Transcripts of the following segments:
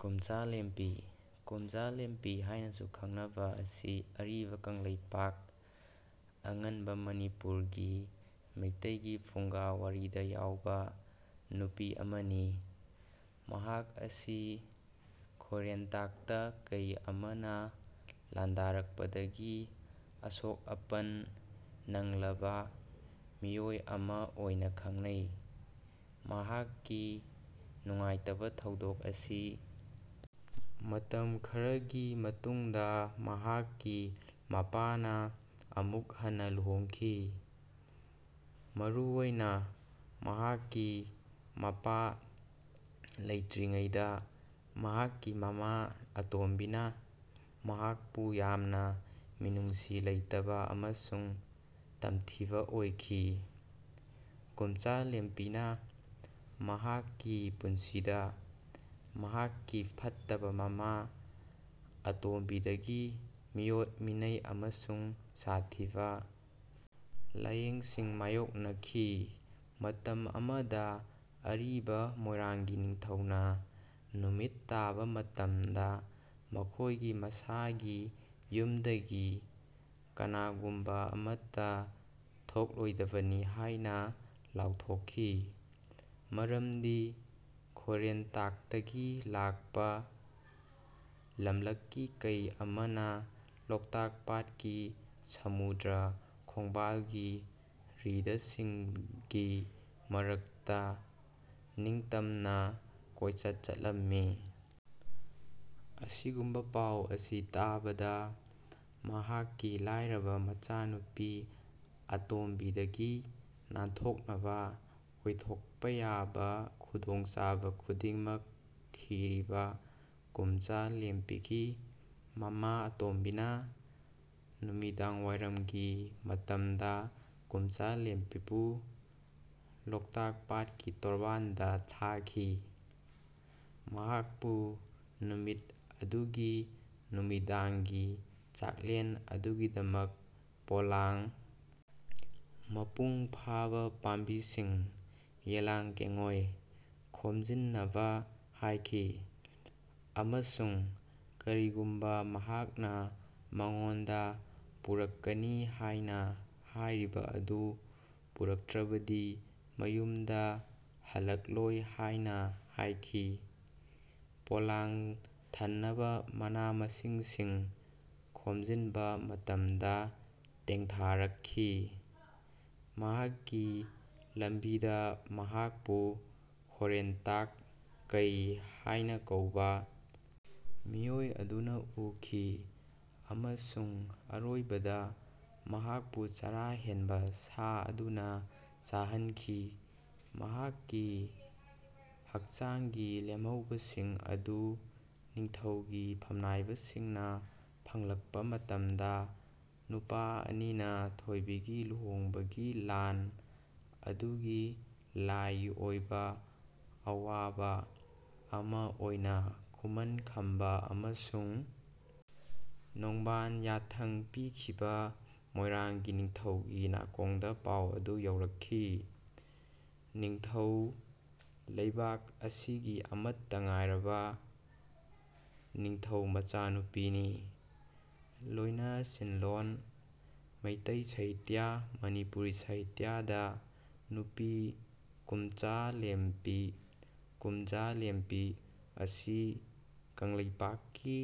ꯀꯨꯝꯆꯥ ꯂꯦꯝꯄꯤ, ꯀꯨꯝꯖꯥ ꯂꯦꯝꯕꯤ ꯍꯥꯏꯅꯁꯨ ꯈꯪꯅꯕꯤ ꯑꯁꯤ ꯑꯔꯤꯕ ꯀꯪꯂꯩꯄꯥꯛ (ꯑꯉꯟꯕ ꯃꯅꯤꯄꯨꯔ)ꯒꯤ ꯃꯩꯇꯩꯒꯤ ꯐꯨꯡꯒꯥ ꯋꯥꯔꯤꯗ ꯌꯥꯎꯕꯤ ꯅꯨꯄꯤ ꯑꯃꯅꯤ꯫ ꯃꯍꯥꯛ ꯑꯁꯤ ꯈꯣꯏꯔꯦꯟꯇꯛꯇ ꯀꯩ ꯑꯃꯅ ꯂꯥꯟꯗꯥꯔꯛꯄꯒꯤ ꯑꯁꯣꯛ-ꯑꯄꯟ ꯅꯪꯂꯕ ꯃꯤꯑꯣꯏ ꯑꯃ ꯑꯣꯏꯅ ꯈꯪꯅꯩ꯫ ꯃꯍꯥꯛꯀꯤ ꯅꯨꯡꯉꯥꯏꯇꯕ ꯊꯧꯗꯣꯛ ꯑꯁꯤ ꯃꯇꯝ ꯈꯔꯒꯤ ꯃꯇꯨꯡꯗ ꯃꯍꯥꯛꯀꯤ ꯃꯄꯥꯅ ꯑꯃꯨꯛ ꯍꯟꯅ ꯂꯨꯍꯣꯡꯈꯤ꯫ ꯃꯔꯨꯑꯣꯏꯅ ꯃꯍꯥꯛꯀꯤ ꯃꯄꯥ ꯂꯩꯇ꯭ꯔꯤꯉꯩꯗ, ꯃꯍꯥꯛꯀꯤ ꯃꯃꯥ ꯑꯇꯣꯝꯕꯤꯅ ꯃꯍꯥꯛꯄꯨ ꯌꯥꯝꯅ ꯃꯤꯅꯨꯡꯁꯤ ꯂꯩꯇꯕ ꯑꯃꯁꯨꯡ ꯇꯝꯊꯤꯕ ꯑꯣꯏꯈꯤ꯫ ꯀꯨꯝꯆꯥ ꯂꯦꯝꯄꯤꯅ ꯃꯍꯥꯛꯀꯤ ꯄꯨꯟꯁꯤꯗ ꯃꯍꯥꯛꯀꯤ ꯐꯠꯇꯕ ꯃꯃꯥ ꯑꯇꯣꯝꯕꯤꯗꯒꯤ ꯃꯤꯑꯣꯠ-ꯃꯤꯅꯩ ꯑꯃꯁꯨꯡ ꯁꯥꯊꯤꯕ ꯂꯥꯏꯌꯦꯡꯁꯤꯡ ꯃꯥꯌꯣꯛꯅꯈꯤ꯫ ꯃꯇꯝ ꯑꯃꯗ ꯑꯔꯤꯕ ꯃꯣꯏꯔꯥꯡꯒꯤ ꯅꯤꯡꯊꯧꯅ ꯅꯨꯃꯤꯠ ꯇꯥꯕ ꯃꯇꯝꯗ ꯃꯈꯣꯏꯒꯤ ꯃꯁꯥꯒꯤ ꯌꯨꯝꯗꯒꯤ ꯀꯅꯥꯒꯨꯝꯕ ꯑꯃꯠꯇ ꯊꯣꯛꯂꯣꯏꯗꯕꯅꯤ ꯍꯥꯏꯅ ꯂꯥꯎꯊꯣꯛꯈꯤ, ꯃꯔꯝꯗꯤ ꯈꯣꯏꯔꯦꯟꯇꯛꯇꯒꯤ ꯂꯥꯛꯄ ꯂꯝꯂꯛꯀꯤ ꯀꯩ ꯑꯃꯅ ꯂꯣꯛꯇꯥꯛ ꯄꯥꯠꯀꯤ ꯁꯃꯨꯗ꯭ꯔ ꯈꯣꯡꯕꯥꯜꯒꯤ ꯔꯤꯗꯁꯤꯡꯒꯤ ꯃꯔꯛꯇ ꯅꯤꯡꯇꯝꯅ ꯀꯣꯏꯆꯠ ꯆꯠꯂꯝꯃꯤ꯫ ꯑꯁꯤꯒꯨꯝꯕ ꯄꯥꯎ ꯑꯁꯤ ꯇꯥꯕꯗ, ꯃꯍꯥꯛꯀꯤ ꯂꯥꯏꯔꯕ ꯃꯆꯥꯅꯨꯄꯤ ꯑꯇꯣꯝꯕꯤꯗꯒꯤ ꯅꯥꯟꯊꯣꯛꯅꯕ ꯑꯣꯏꯊꯣꯛꯄ ꯌꯥꯕ ꯈꯨꯗꯣꯡꯆꯥꯕ ꯈꯨꯗꯤꯡꯃꯛ ꯊꯤꯔꯤꯕ ꯀꯨꯝꯆꯥ ꯂꯦꯝꯄꯤꯒꯤ ꯃꯃꯥ ꯑꯇꯣꯝꯕꯤꯅ ꯅꯨꯃꯤꯗꯥꯡꯋꯥꯏꯔꯝꯒꯤ ꯃꯇꯝꯗ ꯀꯨꯝꯆꯥ ꯂꯦꯝꯄꯤꯕꯨ ꯂꯣꯛꯇꯥꯛ ꯄꯥꯠꯀꯤ ꯇꯣꯔꯕꯥꯟꯗ ꯊꯥꯈꯤ, ꯃꯍꯥꯛꯄꯨ ꯅꯨꯃꯤꯠ ꯑꯗꯨꯒꯤ ꯅꯨꯃꯤꯗꯥꯡꯒꯤ ꯆꯥꯛꯂꯦꯟ ꯑꯗꯨꯒꯤꯗꯃꯛ ꯄꯣꯂꯥꯡ ꯃꯄꯨꯡ ꯐꯥꯕ ꯄꯥꯝꯕꯤꯁꯤꯡ ("ꯌꯦꯜꯂꯥꯡ ꯀꯦꯡꯉꯣꯏ") ꯈꯣꯝꯖꯤꯟꯅꯕ ꯍꯥꯏꯈꯤ, ꯑꯃꯁꯨꯡ ꯀꯔꯤꯒꯨꯝꯕ ꯃꯍꯥꯛꯅ ꯃꯉꯣꯟꯗ ꯄꯨꯔꯛꯀꯅꯤ ꯍꯥꯏꯅ ꯍꯥꯏꯔꯤꯕ ꯑꯗꯨ ꯄꯨꯔꯛꯇ꯭ꯔꯕꯗꯤ ꯃꯌꯨꯝꯗ ꯍꯜꯂꯛꯂꯣꯏ ꯍꯥꯏꯅ ꯍꯥꯏꯈꯤ꯫ ꯄꯣꯂꯥꯡ ꯊꯟꯅꯕ ꯃꯅꯥ-ꯃꯁꯤꯡꯁꯤꯡ ꯈꯣꯝꯖꯤꯟꯕ ꯃꯇꯝꯗ ꯊꯦꯡꯊꯔꯛꯈꯤ꯫ ꯃꯍꯥꯛꯀꯤ ꯂꯝꯕꯤꯗ ꯃꯍꯥꯛꯄꯨ ꯈꯣꯏꯔꯦꯟꯇꯥꯛ ꯀꯩ ꯍꯥꯏꯅ ꯀꯧꯕ ꯃꯤꯑꯣꯏ ꯑꯗꯨꯅ ꯎꯈꯤ ꯑꯃꯁꯨꯡ ꯑꯔꯣꯏꯕꯗ ꯃꯍꯥꯛꯄꯨ ꯆꯔꯥ ꯍꯦꯟꯕ ꯁꯥ ꯑꯗꯨꯅ ꯆꯥꯍꯟꯈꯤ꯫ ꯃꯍꯥꯛꯀꯤ ꯍꯛꯆꯥꯡꯒꯤ ꯂꯦꯝꯍꯧꯕꯁꯤꯡ ꯑꯗꯨ ꯅꯤꯡꯊꯧꯒꯤ ꯐꯝꯅꯥꯏꯕꯁꯤꯡꯅ ꯐꯪꯂꯛꯄ ꯃꯇꯝꯗ ꯅꯨꯄꯥ ꯑꯅꯤꯅ ꯊꯣꯏꯕꯤꯒ ꯂꯨꯍꯣꯡꯕꯒꯤ ꯂꯥꯟ ꯑꯗꯨꯒꯤ ꯂꯥꯏꯒꯤ ꯑꯣꯏꯕ ꯑꯋꯥꯕ ꯑꯃ ꯑꯣꯏꯅ ꯈꯨꯃꯟ ꯈꯝꯕ ꯑꯃꯁꯨꯡ ꯅꯣꯡꯕꯟ ꯌꯥꯊꯪ ꯄꯤꯈꯤꯕ ꯃꯣꯏꯔꯥꯡꯒꯤ ꯅꯤꯡꯊꯧꯒꯤ ꯅꯥꯀꯣꯡꯗ ꯄꯥꯎ ꯑꯗꯨ ꯌꯧꯔꯛꯈꯤ꯫ ꯅꯤꯡꯊꯧ ꯂꯩꯕꯥꯛ ꯑꯁꯤꯒꯤ ꯑꯃꯠꯇ ꯉꯥꯏꯔꯕ ꯅꯤꯡꯊꯧ ꯃꯆꯥꯅꯨꯄꯤꯅꯤ꯫ ꯂꯣꯏꯅꯁꯤꯟꯂꯣꯟ ꯃꯩꯇꯩ ꯁꯥꯍꯤꯇ꯭ꯌ (ꯃꯅꯤꯄꯨꯔꯤ ꯁꯥꯍꯤꯇ꯭ꯌ)ꯗ ꯅꯨꯄꯤ ꯀꯨꯝꯆꯥ ꯂꯦꯝꯄꯤ (ꯀꯨꯝꯖꯥ ꯂꯦꯝꯕꯤ) ꯑꯁꯤ ꯀꯪꯂꯩꯄꯥꯛꯀꯤ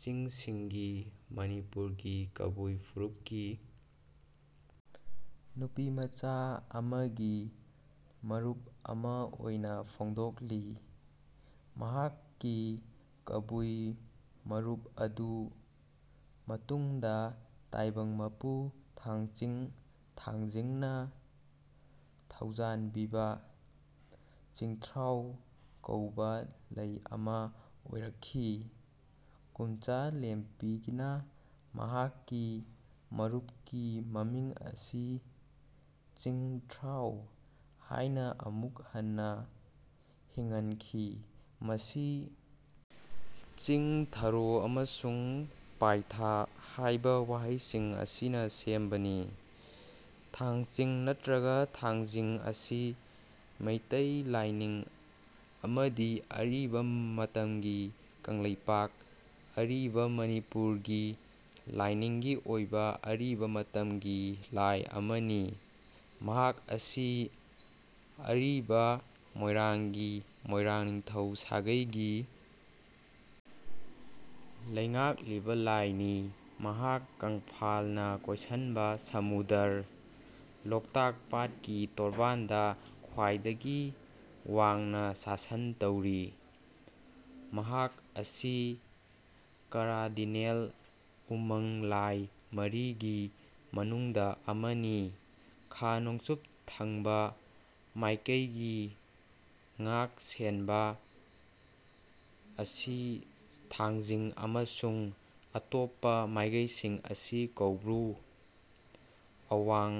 ꯆꯤꯡꯁꯤꯡꯒꯤ ('ꯃꯅꯤꯄꯨꯔ') ꯒꯤ ꯀꯕꯨꯏ ꯐꯨꯔꯨꯞꯀꯤ ꯅꯨꯄꯤꯃꯆꯥ ꯑꯃꯒꯤ ꯃꯔꯨꯞ ꯑꯃ ꯑꯣꯏꯅ ꯐꯣꯡꯗꯣꯛꯂꯤ꯫ ꯃꯍꯥꯛꯀꯤ ꯀꯥꯕꯨꯏ ꯃꯔꯨꯞ ꯑꯗꯨ ꯃꯇꯨꯡꯗ ꯇꯥꯏꯕꯪ ꯃꯄꯨ ꯊꯥꯡꯆꯤꯡ (ꯊꯥꯡꯖꯤꯡ)ꯅ ꯊꯧꯖꯥꯜꯕꯤꯕ "ꯆꯤꯡꯊ꯭ꯔꯥꯎ" ꯀꯧꯕ ꯂꯩ ꯑꯃ ꯑꯣꯏꯔꯛꯈꯤ꯫ ꯀꯨꯝꯖꯥ ꯂꯦꯝꯕꯤꯅ ꯃꯍꯥꯛꯀꯤ ꯃꯔꯨꯞꯀꯤ ꯃꯃꯤꯡ ꯑꯁꯤ "ꯆꯤꯡ-ꯊ꯭ꯔꯥꯎ" ꯍꯥꯏꯅ ꯑꯃꯨꯛ ꯍꯟꯅ ꯍꯤꯡꯍꯟꯈꯤ, ꯃꯁꯤ ꯆꯤꯡ', 'ꯊꯥꯔꯣ' ꯑꯃꯁꯨꯡ 'ꯄꯥꯏꯊꯥ' ꯍꯥꯏꯕ ꯋꯥꯍꯩꯁꯤꯡ ꯑꯁꯤꯅ ꯁꯦꯝꯕꯅꯤ꯫ ꯊꯥꯡꯆꯤꯡ ꯅꯠꯇ꯭ꯔꯒ ꯊꯥꯡꯖꯤꯡ ꯑꯁꯤ ꯃꯩꯇꯩ ꯂꯥꯏꯅꯤꯡ ꯑꯃꯗꯤ ꯑꯔꯤꯕ ꯃꯇꯝꯒꯤ ꯀꯪꯂꯩꯄꯥꯛ (ꯑꯔꯤꯕ ꯃꯅꯤꯄꯨꯔ)ꯒꯤ ꯂꯥꯏꯅꯤꯡꯒꯤ ꯑꯣꯏꯕ ꯑꯔꯤꯕ ꯃꯇꯝꯒꯤ ꯂꯥꯏ ꯑꯃꯅꯤ꯫ ꯃꯍꯥꯛ ꯑꯁꯤ ꯑꯔꯤꯕ ꯃꯣꯏꯔꯥꯡꯒꯤ ꯃꯣꯏꯔꯥꯡ ꯅꯤꯡꯊꯧ ꯁꯥꯒꯩꯒꯤ ꯂꯩꯉꯥꯛꯂꯤꯕ ꯂꯥꯏꯅꯤ꯫ ꯃꯍꯥꯛ ꯀꯪꯐꯥꯜꯅ ꯀꯣꯏꯁꯤꯟꯕ ꯁꯃꯨꯗ꯭ꯔ, ꯂꯣꯛꯇꯥꯛ ꯄꯥꯠꯀꯤ ꯇꯣꯔꯕꯥꯟꯗ ꯈ꯭ꯋꯥꯏꯗꯒꯤ ꯋꯥꯡꯅ ꯁꯥꯁꯟ ꯇꯧꯔꯤ꯫ ꯃꯍꯥꯛ ꯑꯁꯤ ꯀꯥꯔꯗꯤꯅꯦꯜ ꯎꯃꯪ ꯂꯥꯏ ꯃꯔꯤꯒꯤ ꯃꯅꯨꯡꯗ ꯑꯃꯅꯤ꯫ ꯈꯥ-ꯅꯣꯡꯆꯨꯞ ꯊꯪꯕ ꯃꯥꯏꯀꯩꯒꯤ ꯉꯥꯛ-ꯁꯦꯟꯕ ꯑꯁꯤ ꯊꯥꯡꯖꯤꯡ ꯑꯃꯁꯨꯡ ꯑꯇꯣꯞꯄ ꯃꯥꯏꯀꯩꯁꯤꯡ ꯑꯁꯤ ꯀꯣꯎꯕ꯭ꯔꯨ (ꯑꯋꯥꯡ